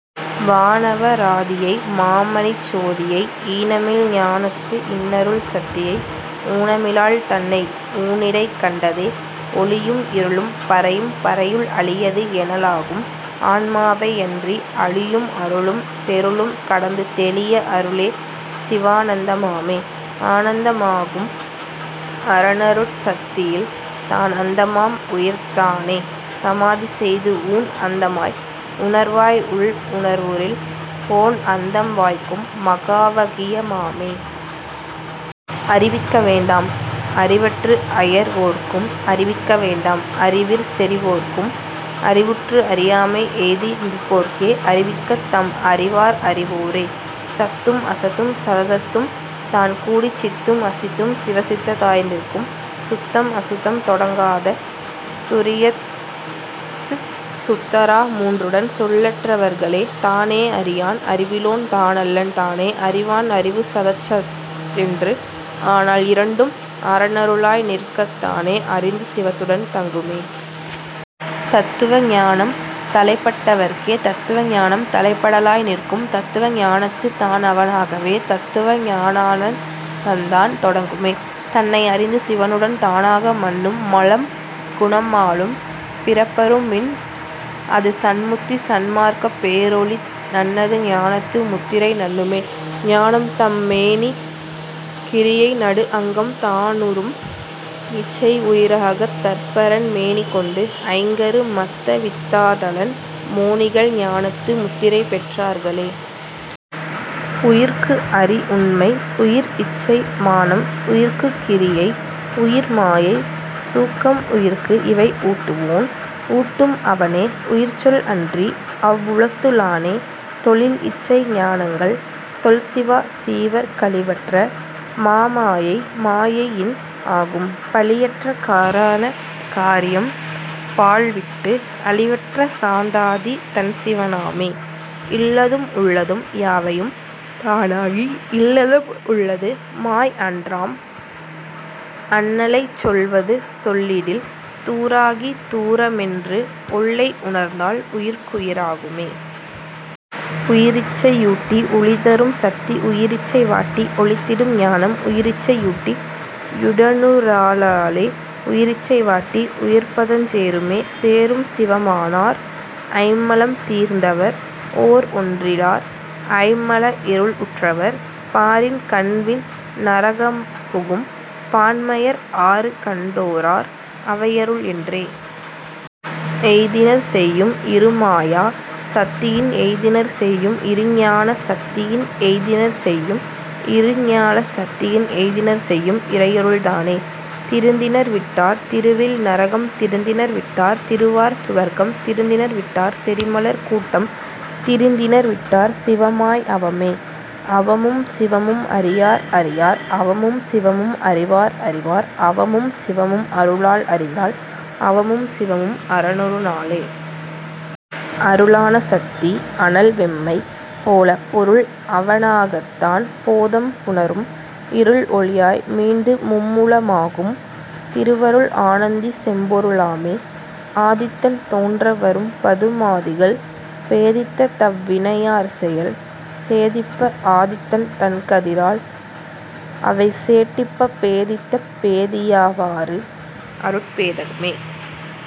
வானவ ராதியை மாமணிச் சோதியை ஈனமில் ஞானத்து இன்னருள் சத்தியை ஊனமிலாள்தன்னை ஊனிடைக் கண்டதே. ஒளியும் இருளும் பரையும் பரையுள் அளியது எனலாகும் ஆன்மாவை யன்றி அளியும் அருளும் தெருளும் கடந்து தெளிய அருளே சிவானந்த மாமே. ஆனந்த மாகும் அரனருட் சத்தியில் தான் அந்த மாம்உயிர் தானே சமாதிசெய்து ஊன்அந்த மாய் உணர் வாய்உள் உணர்வுறில் கோன்அந்தம் வாய்க்கும் மகாவா கியமாமே. அறிவிக்க வேண்டாம் அறிவற்று அயர்வோர்க்கும் அறிவிக்க வேண்டாம் அறிவிற் செறிவோர்க்கும் அறிவுற்று அறியாமை எய்திநிற் போர்க்கே அறிவிக்கத் தம்அறி வார்அறி வோரே. சத்தும் அசத்தும் சதசத்தும் தான்கூடிச் சித்தும் அசித்தும் சிவசித்த தாய்நிற்கும் சுத்தம் அசுத்தம் தொடங்காத துரியத்துச் சுத்தரா மூன்றுடன் சொல்லற் றவர்களே. தானே அறியான் அறிவிலோன் தானல்லன் தானே அறிவான் அறிவு சதசத்தென்று ஆனால் இரண்டும் அரனரு ளாய்நிற்கத் தானே அறிந்து சிவத்துடன் தங்குமே. தத்துவ ஞானம் தலைப்பட் டவர்க்கே தத்துவ ஞானம் தலைப்பட லாய்நிற்கும் தத்துவ ஞானத்துத் தான்அவ னாகவே தத்துவ ஞானானந் தந்தான் தொடங்குமே. தன்னை அறிந்து சிவனுடன் தானாக மன்னும் மலம்குணம் மாளும் பிறப்பறும் பின்அது சன்முத்தி சன்மார்க்கப் பேரொளி நன்னது ஞானத்து முத்திரை நண்ணுமே. ஞானம்தன் மேனி கிரியை நடுஅங்கம் தானுறும் இச்சை உயிராகத் தற்பரன் மேனிகொண்டு ஐங்கரு மத்தவித் தாதலான் மோனிகள் ஞானத்து முத்திரை பெற் றார்களே. உயிர்க்குஅறி உண்மை உயிர்இச்சை மானம் உயிர்க்குக் கிரியை உயிர்மாயை சூக்கம் உயிர்க்குஇவை ஊட்டுவோன் ஊட்டும் அவனே உயிர்ச்சொல் அன்றி அவ்வுளத்து ளானே. தொழில்இச்சை ஞானங்கள் தொல்சிவசீவர் கழிவற்ற மாமாயை மாயையின் ஆகும் பழியற்ற காரண காரியம் பாழ்விட்டு அழிவற்ற சாந்தாதீ தன்சிவ னாமே. இல்லதும் உள்ளதும் யாவையும் தானாகி இல்லதம் உள்ளது மாய்அன்றாம் அண்ணலைச் சொல்வது சொல்லிடில் தூராகி தூரமென்று ஒல்லை உணர்ந்தால் உயிர்க்குயி ராகுமே. உயிரிச்சை யூட்டி உழிதரும் சத்தி உயிரிச்சை வாட்டி ஒழித்திடும் ஞானம் உயிரிச்சை யூட்டி யுடனுறலாலே உயிரிச்சை வாட்டி உயர்பதஞ் சேருமே. சேரும் சிவமானார் ஐம்மலம் தீர்ந்தவர் ஓர்ஒன்றி லார் ஐம் மலஇருள் உற்றவர் பாரின்கண் விண்நர கம்புகும் பான்மையர் ஆருங்கண் டோ ரார் அவையருள் என்றே. எய்தினர் செய்யும் இருமாயா சத்தியின் எய்தினர் செய்யும் இருஞான சத்தியின் எய்தினர் செய்யும் இருஞால சத்தியின் எய்தினர் செய்யும் இறையருள் தானே. திருந்தினர் விட்டார் திருவில் நரகம் திருந்தினர் விட்டார் திருவார் சுவர்க்கம் திருந்தினர் விட்டார் செறிமலர் கூட்டம் திருந்தினர் விட்டார் சிவமாய் அவமே. அவமும் சிவமும் அறியார் அறியார் அவமும் சிவமும் அறிவார் அறிவார் அவமும் சிவமும் அருளால் அறிந்தால் அவமும் சிவமும் அவனரு ளாமே. அருளான சத்தி அனல் வெம்மை போல பொருள் அவனாகத்தான் போதம் புணரும் இருள் ஒளியாய் மீண்டு மும்மல மாகும் திருவருள் ஆனந்தி செம்பொருளாமே. ஆதித்தன் தோன்ற வரும்பது மாதிகள் பேதித்த தவ்வினை யாற்செயல் சேதிப்ப ஆதித்தன் தன்கதி ரால்அவை சேட்டிப்பப் பேதித்தப் பேதியா வாறுஅருட் பேதமே.